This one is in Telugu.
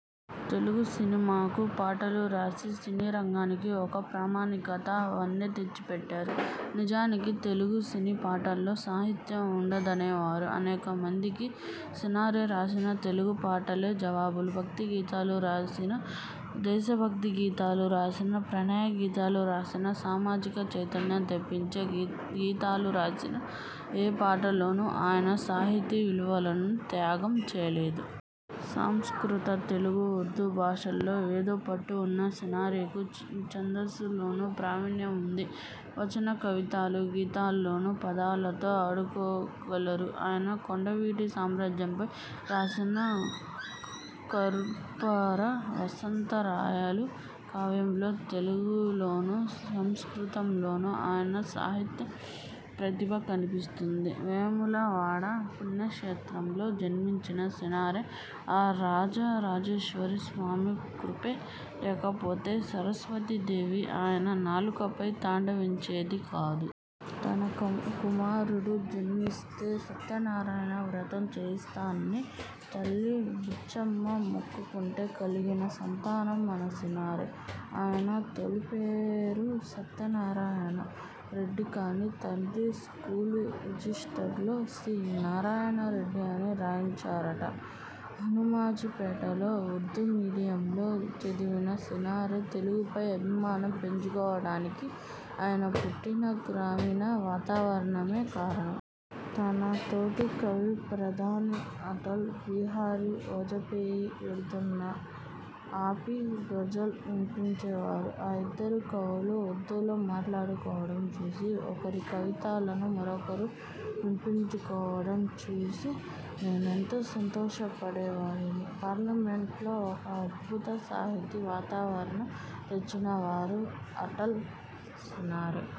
తెలుగు సినిమాకు పాటలు రాసి సినీరంగానికి ఒక ప్రామాణికత, వన్నె తెచ్చిపెట్టారు. నిజానికి తెలుగు సినీ పాటల్లో సాహిత్యం ఉండదనేవారు అనేకమందికి సినారె రాసిన తెలుగు పాటలే జవాబు. భక్తిగీతాలు రాసినా, దేశభక్తి గీతాలు రాసినా, ప్రణయ గీతాలు రాసినా, సామాజిక చైతన్యం తెప్పించే గీతాలు రాసినా ఏ పాటలోనూ ఆయన సాహితీ విలువలను త్యాగం చేయలేదు. సంస్కృత, తెలుగు, ఉర్దూ భాషల్లో ఎంతో పట్టు ఉన్న సినారెకు ఛందస్సులోనూ ప్రావీణ్యం ఉంది. వచన కవితలు, గీతాల్లోనూ పదాలతో ఆడుకోగలరు. ఆయన కొండవీటి సామ్రాజ్యంపై రాసిన కర్పూర వసంత రాయలు కావ్యంలో తెలుగులోనూ, సంస్కృతంలోనూ ఆయన సాహిత్య ప్రతిభ కనిపిస్తుంది. వేములవాడ పుణ్యక్షేత్రంలో జన్మించిన సినారె ఆ రాజరాజేశ్వరీ స్వామి కృపే లేకపోతే సరస్వతీ దేవి ఆయన నాలుకపై తాండవించేదే కాదు. తనకు కుమారుడు జన్మిస్తే సత్యనారాయణ వ్రతం చేయిస్తానని తల్లి బుచ్చమ్మ మొక్కుకుంటే కలిగిన సంతానం మన సినారె. ఆయన తొలి పేరు సత్యనారాయణ రెడ్డి కాని తండ్రి స్కూలు రిజిస్టర్లో సి. నారాయణ రెడ్డి అని రాయించారట. హనూమాజీపేటలో ఉర్దూ మీడియంలో చదివిన సినారె తెలుగుపై అభిమానం పెంచుకోవడానికి ఆయన పుట్టిన గ్రామీణ వాతావరణమే కారణం. తన తోటి కవి ప్రధాని అటల్ బిహారీ వాజపేయి వెళుతున్నా ఆపి గజల్ వినిపించేవారు. ఆ ఇద్దరు కవులు ఉర్దూలో మాట్లాడుకోవడం చూసి, ఒకరి కవితలను మరొకరు వినిపించుకోవడం చూసి నేనెంతో సంతోషపడేవాడిని. పార్లమెంట్లో ఒక అద్భుత సాహితీ వాతావరణం తెచ్చిన వారు అటల్, సినారె.